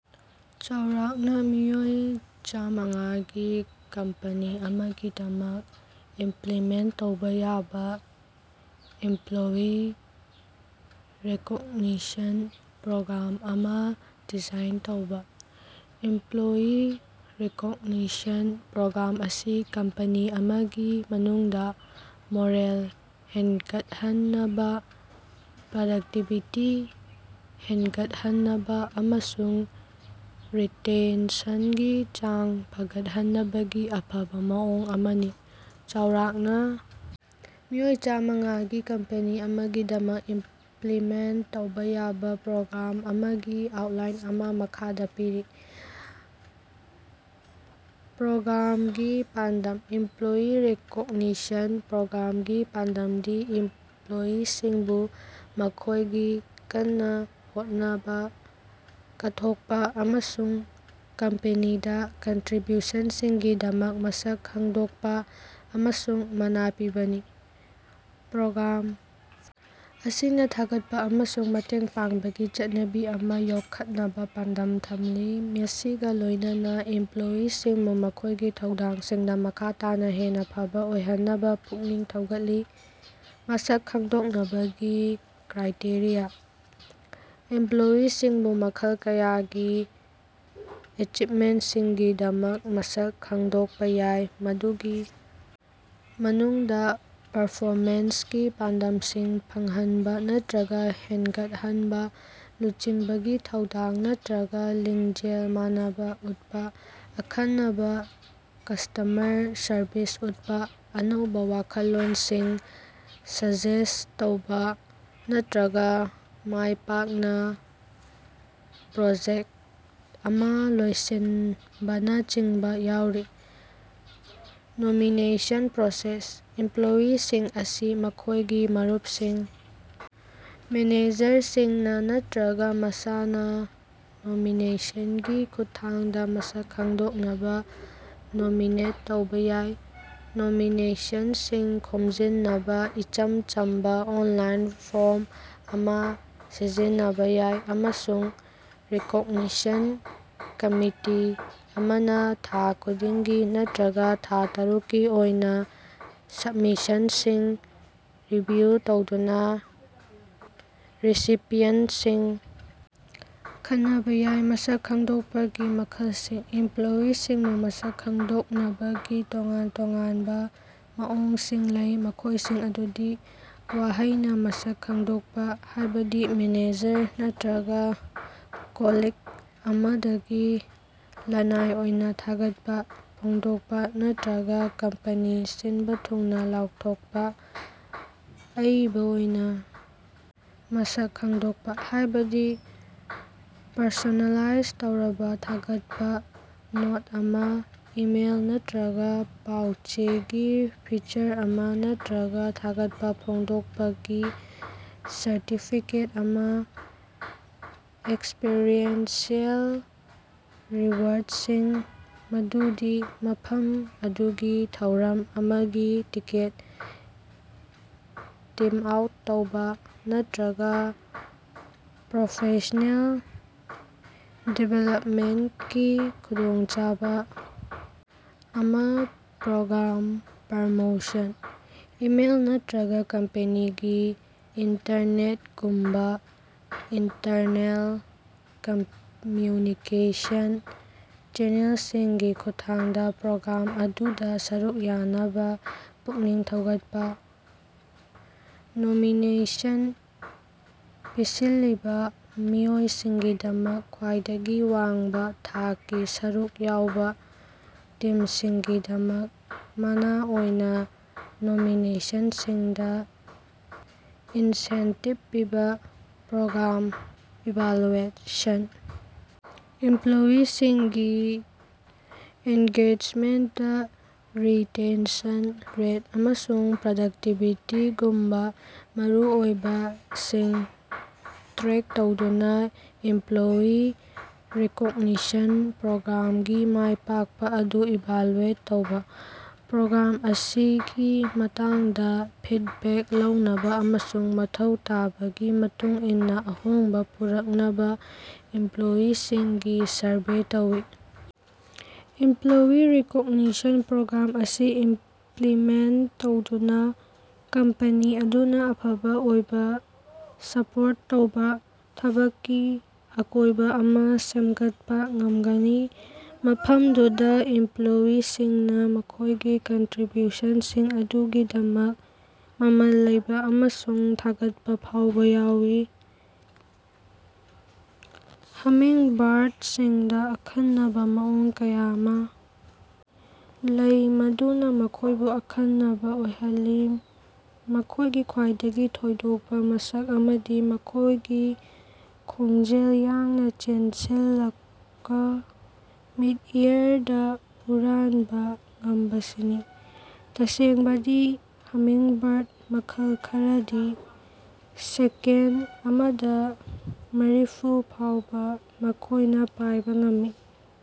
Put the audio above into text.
ꯆꯥꯎꯔꯥꯛꯅꯥ ꯃꯤꯑꯣꯏ ꯆꯥꯃꯉꯥꯒꯤ ꯀꯝꯄꯅꯤ ꯑꯃꯒꯤꯗꯃꯛ ꯏꯝꯄ꯭ꯂꯤꯃꯦꯟꯇ ꯇꯧꯕꯥ ꯌꯥꯕꯥ ꯏꯝꯄ꯭ꯂꯣꯌꯤ ꯔꯤꯀꯣꯒꯅꯤꯁꯟ ꯄ꯭ꯔꯣꯒ꯭ꯔꯥꯝ ꯑꯃꯥ ꯗꯤꯖꯥꯏꯟ ꯇꯧꯕꯥ꯫ ꯏꯝꯄ꯭ꯂꯣꯌꯤ ꯔꯤꯀꯣꯒꯅꯤꯁꯟ ꯄ꯭ꯔꯣꯒ꯭ꯔꯥꯝ ꯑꯁꯤ ꯀꯝꯄꯅꯤ ꯑꯃꯒꯤ ꯃꯅꯨꯡꯗꯥ ꯃꯣꯔꯦꯜ ꯍꯦꯟꯒꯠꯍꯟꯅꯕꯥ, ꯄ꯭ꯔꯗꯛꯇꯤꯚꯤꯇꯤ ꯍꯦꯟꯒꯠꯍꯟꯅꯕꯥ ꯑꯃꯁꯨꯡ ꯔꯤꯇꯦꯟꯁꯟꯒꯤ ꯆꯥꯡ ꯐꯒꯠꯍꯟꯅꯕꯒꯤ ꯑꯐꯕꯥ ꯃꯑꯣꯡ ꯑꯃꯅꯤ꯫ ꯆꯥꯎꯔꯥꯛꯅꯥ ꯃꯤꯑꯣꯏ ꯆꯥꯃꯉꯥꯒꯤ ꯀꯝꯄꯦꯅꯤ ꯑꯃꯒꯤꯗꯃꯛ ꯏꯝꯄ꯭ꯂꯤꯃꯦꯟꯇ ꯇꯧꯕꯥ ꯌꯥꯕꯥ ꯄ꯭ꯔꯣꯒ꯭ꯔꯥꯝ ꯑꯃꯒꯤ ꯑꯥꯎꯠꯂꯥꯏꯟ ꯑꯃꯥ ꯃꯈꯥꯗꯥ ꯄꯤꯔꯤ꯫ ꯄ꯭ꯔꯣꯒ꯭ꯔꯥꯝꯒꯤ ꯄꯥꯟꯗꯝ: ꯏꯝꯄ꯭ꯂꯣꯌꯤ ꯔꯤꯀꯣꯒꯅꯤꯁꯟ ꯄ꯭ꯔꯣꯒ꯭ꯔꯥꯝꯒꯤ ꯄꯥꯟꯗꯝꯗꯤ ꯏꯝꯄ꯭ꯂꯣꯌꯤꯁꯤꯡꯕꯨ ꯃꯈꯣꯢꯒꯤ ꯀꯟꯅꯥ ꯍꯣꯠꯅꯕꯥ, ꯀꯠꯊꯣꯀꯄꯥ ꯑꯃꯁꯨꯡ ꯀꯝꯄꯅꯤꯗꯥ ꯀꯟꯇ꯭ꯔꯤꯕ꯭ꯌꯨꯁꯟꯁꯤꯡꯒꯤꯗꯃꯛ ꯃꯁꯛ ꯈꯪꯗꯣꯛꯄꯥ ꯑꯃꯁꯨꯡ ꯃꯥꯅꯥ ꯄꯤꯕꯅꯤ꯫ ꯄ꯭ꯔꯣꯒ꯭ꯔꯥꯝ ꯑꯁꯤꯅꯥ ꯊꯥꯒꯠꯄꯥ ꯑꯃꯁꯨꯡ ꯃꯇꯦꯡ ꯄꯥꯡꯕꯒꯤ ꯆꯠꯅꯕꯤ ꯑꯃꯥ ꯌꯣꯛꯈꯠꯅꯕꯥ ꯄꯥꯟꯗꯝ ꯊꯝꯂꯤ, ꯃꯁꯤꯒꯥ ꯂꯣꯢꯅꯅꯥ ꯏꯝꯄ꯭ꯂꯣꯌꯤꯁꯤꯡꯕꯨ ꯃꯈꯣꯢꯒꯤ ꯊꯧꯗꯥꯡꯁꯤꯡꯗꯥ ꯃꯈꯥ ꯇꯥꯅꯥ ꯍꯦꯟꯅꯥ ꯐꯕꯥ ꯑꯣꯏꯍꯟꯅꯕꯥ ꯄꯨꯛꯅꯤꯡ ꯊꯧꯒꯠꯂꯤ꯫ ꯃꯁꯛ ꯈꯪꯗꯣꯛꯅꯕꯒꯤ ꯀ꯭ꯔꯥꯏꯇꯦꯔꯤꯌꯥ: ꯏꯝꯄ꯭ꯂꯣꯌꯤꯁꯤꯡꯕꯨ ꯃꯈꯜ ꯀꯌꯥꯒꯤ ꯑꯦꯆꯤꯞꯃꯦꯟꯇꯁꯤꯡꯒꯤꯗꯃꯛ ꯃꯁꯛ ꯈꯪꯗꯣꯛꯄꯥ ꯌꯥꯏ, ꯃꯗꯨꯒꯤ ꯃꯅꯨꯡꯗꯥ ꯄꯔꯐꯣꯃꯦꯟꯁꯀꯤ ꯄꯥꯟꯗꯝꯁꯤꯡ ꯐꯪꯍꯟꯕꯥ ꯅꯠꯇ꯭ꯔꯒꯥ ꯍꯦꯟꯒꯠꯍꯟꯕꯥ, ꯂꯨꯆꯤꯡꯕꯒꯤ ꯊꯧꯗꯥꯡ ꯅꯠꯇ꯭ꯔꯒꯥ ꯂꯤꯡꯖꯦꯜ ꯃꯅꯕꯥ ꯎꯠꯄꯥ, ꯑꯈꯟꯅꯕꯥ ꯀꯁꯇꯃꯔ ꯁꯔꯕꯤꯁ ꯎꯠꯄꯥ, ꯑꯅꯧꯕꯥ ꯋꯥꯈꯜꯂꯣꯟꯁꯤꯡ ꯁꯖꯦꯁꯇ ꯇꯧꯕꯥ, ꯅꯠꯇ꯭ꯔꯒꯥ ꯃꯥꯢ ꯄꯥꯛꯅꯥ ꯄ꯭ꯔꯣꯖꯦꯛꯇ ꯑꯃꯥ ꯂꯣꯏꯁꯤꯟꯕꯥꯅꯆꯤꯡꯕ ꯌꯥꯎꯔꯤ꯫ ꯅꯣꯃꯤꯅꯦꯁꯟ ꯄ꯭ꯔꯣꯁꯦꯁ: ꯏꯝꯄ꯭ꯂꯣꯌꯤꯁꯤꯡ ꯑꯁꯤ ꯃꯈꯣꯢꯒꯤ ꯃꯔꯨꯞꯁꯤꯡ, ꯃꯦꯅꯦꯖꯔꯁꯤꯡꯅꯥ ꯅꯠꯇ꯭ꯔꯒꯥ ꯃꯁꯥꯅꯥ ꯅꯣꯃꯤꯅꯦꯁꯟꯒꯤ ꯈꯨꯠꯊꯥꯡꯗꯥ ꯃꯁꯛ ꯈꯪꯗꯣꯛꯅꯕꯥ ꯅꯣꯃꯤꯅꯦꯠ ꯇꯧꯕꯥ ꯌꯥꯏ꯫ ꯅꯣꯃꯤꯅꯦꯁꯟꯁꯤꯡ ꯈꯣꯝꯖꯤꯟꯅꯕꯥ ꯏꯆꯝ ꯆꯝꯕꯥ ꯑꯣꯟꯂꯥꯏꯟ ꯐꯣꯔꯝ ꯑꯃꯥ ꯁꯤꯖꯤꯟꯅꯕꯥ ꯌꯥꯏ, ꯑꯃꯁꯨꯡ ꯔꯤꯀꯣꯛꯅꯤꯁꯟ ꯀꯝꯃꯤꯇꯤ ꯑꯃꯅꯥ ꯊꯥ ꯈꯨꯗꯤꯡꯒꯤ ꯅꯠꯇ꯭ꯔꯒꯥ ꯊꯥ ꯇꯔꯨꯛꯀꯤ ꯑꯣꯏꯅꯥ ꯁꯕꯃꯤꯁꯟꯁꯤꯡ ꯔꯤꯚꯤꯌꯨ ꯇꯧꯗꯨꯅꯥ ꯔꯤꯁꯤꯄꯤꯌꯟꯇꯁꯤꯡ ꯈꯟꯅꯕ ꯌꯥꯏ꯫ ꯃꯁꯛ ꯈꯪꯗꯣꯛꯄꯒꯤ ꯃꯈꯜꯁꯤꯡ: ꯏꯝꯄ꯭ꯂꯣꯌꯤꯁꯤꯡꯕꯨ ꯃꯁꯛ ꯈꯪꯗꯣꯛꯅꯕꯒꯤ ꯇꯣꯉꯥꯟ ꯇꯣꯉꯥꯟꯕꯥ ꯃꯑꯣꯡꯁꯤꯡ ꯂꯩ, ꯃꯈꯣꯢꯁꯤꯡ ꯑꯗꯨꯗꯤ: ꯋꯥꯍꯩꯅꯥ ꯃꯁꯛ ꯈꯪꯗꯣꯛꯄꯥ, ꯍꯥꯢꯕꯗꯤ ꯃꯦꯅꯦꯖꯔ ꯅꯠꯔꯒꯥ ꯀꯣꯂꯤꯛ ꯑꯃꯗꯒꯤ ꯂꯅꯥꯏ ꯑꯣꯏꯅꯥ ꯊꯥꯒꯠꯄꯥ ꯐꯣꯡꯗꯣꯛꯄꯥ, ꯅꯠꯔꯒꯥ ꯀꯝꯄꯅꯤ ꯁꯤꯟꯕꯥ ꯊꯨꯡꯅꯥ ꯂꯥꯎꯊꯣꯀꯄꯥ꯫ ꯑꯏꯕꯥ ꯑꯣꯏꯅꯥ ꯃꯁꯛ ꯈꯪꯗꯣꯛꯄꯥ, ꯍꯥꯢꯕꯗꯤ ꯄꯔꯁꯣꯅꯦꯂꯥꯏꯖ ꯇꯧꯔꯕꯥ ꯊꯥꯒꯠꯄꯥ ꯅꯣꯠ ꯑꯃꯥ, ꯏꯃꯦꯜ ꯅꯠꯠꯔꯒꯥ ꯄꯥꯎ-ꯆꯦꯒꯤ ꯐꯤꯆꯔ ꯑꯃꯥ, ꯅꯠꯇ꯭ꯔꯒꯥ ꯊꯥꯒꯠꯄꯥ ꯐꯣꯡꯗꯣꯛꯄꯒꯤ ꯁꯔꯇꯤꯐꯤꯀꯦꯠ ꯑꯃꯥ꯫ ꯑꯦꯛꯁꯄꯤꯔꯤꯑꯦꯟꯁꯤꯑꯦꯜ ꯔꯤꯋꯥꯔꯗꯁꯤꯡ, ꯃꯗꯨꯗꯤ ꯃꯐꯝ ꯑꯗꯨꯒꯤ ꯊꯧꯔꯝ ꯑꯃꯒꯤ ꯇꯤꯀꯦꯠ, ꯇꯤꯝ ꯑꯥꯎꯠ ꯇꯧꯕꯥ, ꯅꯠꯇ꯭ꯔꯒꯥ ꯄ꯭ꯔꯣꯐꯦꯁ꯭ꯅꯦꯜ ꯗꯤꯕꯦꯂꯞꯃꯦꯟꯇꯀꯤ ꯈꯨꯗꯣꯡꯆꯥꯕꯥ ꯑꯃꯥ꯫ ꯄ꯭ꯔꯣꯒ꯭ꯔꯥꯝ ꯄ꯭ꯔꯃꯣꯁꯟ: ꯏꯃꯦꯜ ꯅꯠꯇ꯭ꯔꯒꯥ ꯀꯝꯄꯅꯤꯒꯤ ꯏꯟꯇꯔꯅꯦꯠꯒꯨꯝꯕꯥ ꯏꯟꯇꯔꯅꯦꯜ ꯀꯝꯃ꯭ꯌꯨꯅꯤꯀꯦꯁꯟ ꯆꯦꯅꯦꯜꯁꯤꯡꯒꯤ ꯈꯨꯠꯊꯥꯡꯗꯥ ꯄ꯭ꯔꯣꯒ꯭ꯔꯥꯝ ꯑꯗꯨꯗꯥ ꯁꯔꯨꯛ ꯌꯥꯅꯕꯥ ꯄꯨꯛꯅꯤꯡ ꯊꯧꯒꯠꯄꯥ꯫ ꯅꯣꯃꯤꯅꯦꯁꯟ ꯄꯤꯁꯤꯜꯂꯤꯕꯥ ꯃꯤꯑꯣꯏꯁꯤꯡꯒꯤꯗꯃꯛ ꯈ꯭ꯋꯥꯏꯗꯒꯤ ꯋꯥꯡꯕꯥ ꯊꯥꯛꯀꯤ ꯁꯔꯨꯛ ꯌꯥꯎꯕꯥ ꯇꯤꯝꯁꯤꯡꯒꯤꯗꯃꯛ ꯃꯅꯥ ꯑꯣꯢꯅ ꯅꯣꯃꯤꯅꯦꯁꯟꯁꯤꯡꯗ ꯏꯟꯁꯦꯟꯇꯤꯚ ꯄꯤꯕꯥ꯫ ꯄ꯭ꯔꯣꯒ꯭ꯔꯥꯝ ꯏꯚꯥꯂꯨꯑꯦꯁꯟ: ꯏꯃꯄ꯭ꯂꯣꯌꯤꯁꯤꯡꯒꯤ ꯑꯦꯟꯒꯦꯖꯃꯦꯟꯇ, ꯔꯤꯇꯦꯟꯁꯟ ꯔꯦꯠ, ꯑꯃꯁꯨꯡ ꯄ꯭ꯔꯗꯛꯇꯤꯕꯤꯇꯤꯒꯨꯝꯕꯥ ꯃꯔꯨꯑꯣꯏꯕꯥ ꯁꯤꯡ ꯇ꯭ꯔꯦꯛ ꯇꯧꯗꯨꯅꯥ ꯏꯝꯄ꯭ꯂꯣꯌꯤ ꯔꯤꯀꯣꯒꯅꯤꯁꯟ ꯄ꯭ꯔꯣꯒ꯭ꯔꯥꯝꯒꯤ ꯃꯥꯢ ꯄꯥꯛꯄꯥ ꯑꯗꯨ ꯏꯚꯥꯂꯨꯑꯦꯠ ꯇꯧꯕꯥ꯫ ꯄ꯭ꯔꯣꯒ꯭ꯔꯥꯝ ꯑꯁꯤꯒꯤ ꯃꯇꯥꯡꯗꯥ ꯐꯤꯗꯕꯦꯛ ꯂꯧꯅꯕꯥ ꯑꯃꯁꯨꯡ ꯃꯊꯧ ꯇꯥꯕꯒꯤ ꯃꯇꯨꯡ ꯏꯟꯅꯥ ꯑꯍꯣꯡꯕꯥ ꯄꯨꯔꯛꯅꯕꯥ ꯏꯝꯄ꯭ꯂꯣꯌꯤꯁꯤꯡꯒꯤ ꯁꯔꯚꯦ ꯇꯧꯢ꯫ ꯏꯝꯄ꯭ꯂꯣꯌꯤ ꯔꯤꯀꯣꯒꯅꯤꯁꯟ ꯄ꯭ꯔꯣꯒ꯭ꯔꯥꯝ ꯑꯁꯤ ꯏꯝꯄ꯭ꯂꯤꯃꯦꯟꯇ ꯇꯧꯗꯨꯅꯥ, ꯀꯝꯄꯅꯤ ꯑꯗꯨꯅꯥ ꯑꯐꯕ ꯑꯣꯏꯕꯥ ꯁꯄꯣꯔꯠ ꯇꯧꯕꯥ ꯊꯕꯛꯀꯤ ꯑꯀꯣꯢꯕ ꯑꯃꯥ ꯁꯦꯃꯒꯠꯄꯥ ꯉꯃꯒꯅꯤ, ꯃꯐꯃꯗꯨꯗꯥ ꯏꯝꯄ꯭ꯂꯣꯌꯤꯁꯤꯡꯅꯥ ꯃꯈꯣꯢꯒꯤ ꯀꯟꯇ꯭ꯔꯤꯕ꯭ꯌꯨꯁꯟꯁꯤꯡ ꯑꯗꯨꯒꯤꯗꯃꯛ ꯃꯃꯜ ꯂꯩꯕꯥ ꯑꯃꯁꯨꯡ ꯊꯥꯒꯠꯄꯥ ꯐꯥꯎꯕꯥ ꯌꯥꯏ꯫ ꯍꯃꯤꯡꯕꯥꯔꯗꯁꯤꯡꯗꯥ ꯑꯈꯟꯅꯕꯥ ꯃꯑꯣꯡ ꯀꯌꯥ ꯑꯃꯥ ꯂꯩ ꯃꯗꯨꯅꯥ ꯃꯈꯣꯢꯕꯨ ꯑꯈꯟꯅꯕꯥ ꯑꯣꯏꯍꯜꯂꯤ꯫ ꯃꯈꯣꯢꯒꯤ ꯈ꯭ꯋꯥꯏꯗꯒꯤ ꯊꯣꯏꯗꯣꯀꯄꯥ ꯃꯁꯛ ꯑꯃꯗꯤ ꯃꯈꯣꯢꯒꯤ ꯈꯣꯡꯖꯦꯜ ꯌꯥꯡꯅꯥ ꯆꯦꯟꯁꯤꯜꯂꯒꯥ ꯃꯤꯗ-ꯑꯦꯌꯔꯗꯥ ꯍꯨꯔꯥꯟꯕꯥ ꯉꯝꯕꯁꯤꯅꯤ꯫ ꯇꯁꯦꯡꯕꯗꯤ, ꯍꯃꯤꯡꯕꯥꯔꯗ ꯃꯈꯜ ꯈꯔꯗꯤ ꯁꯦꯀꯦꯟꯗ ꯑꯃꯗꯥ ꯃꯔꯤꯐꯨ ꯐꯥꯎꯕꯥ ꯃꯈꯣꯢꯅ ꯄꯥꯢꯕ ꯉꯝꯃꯤ꯫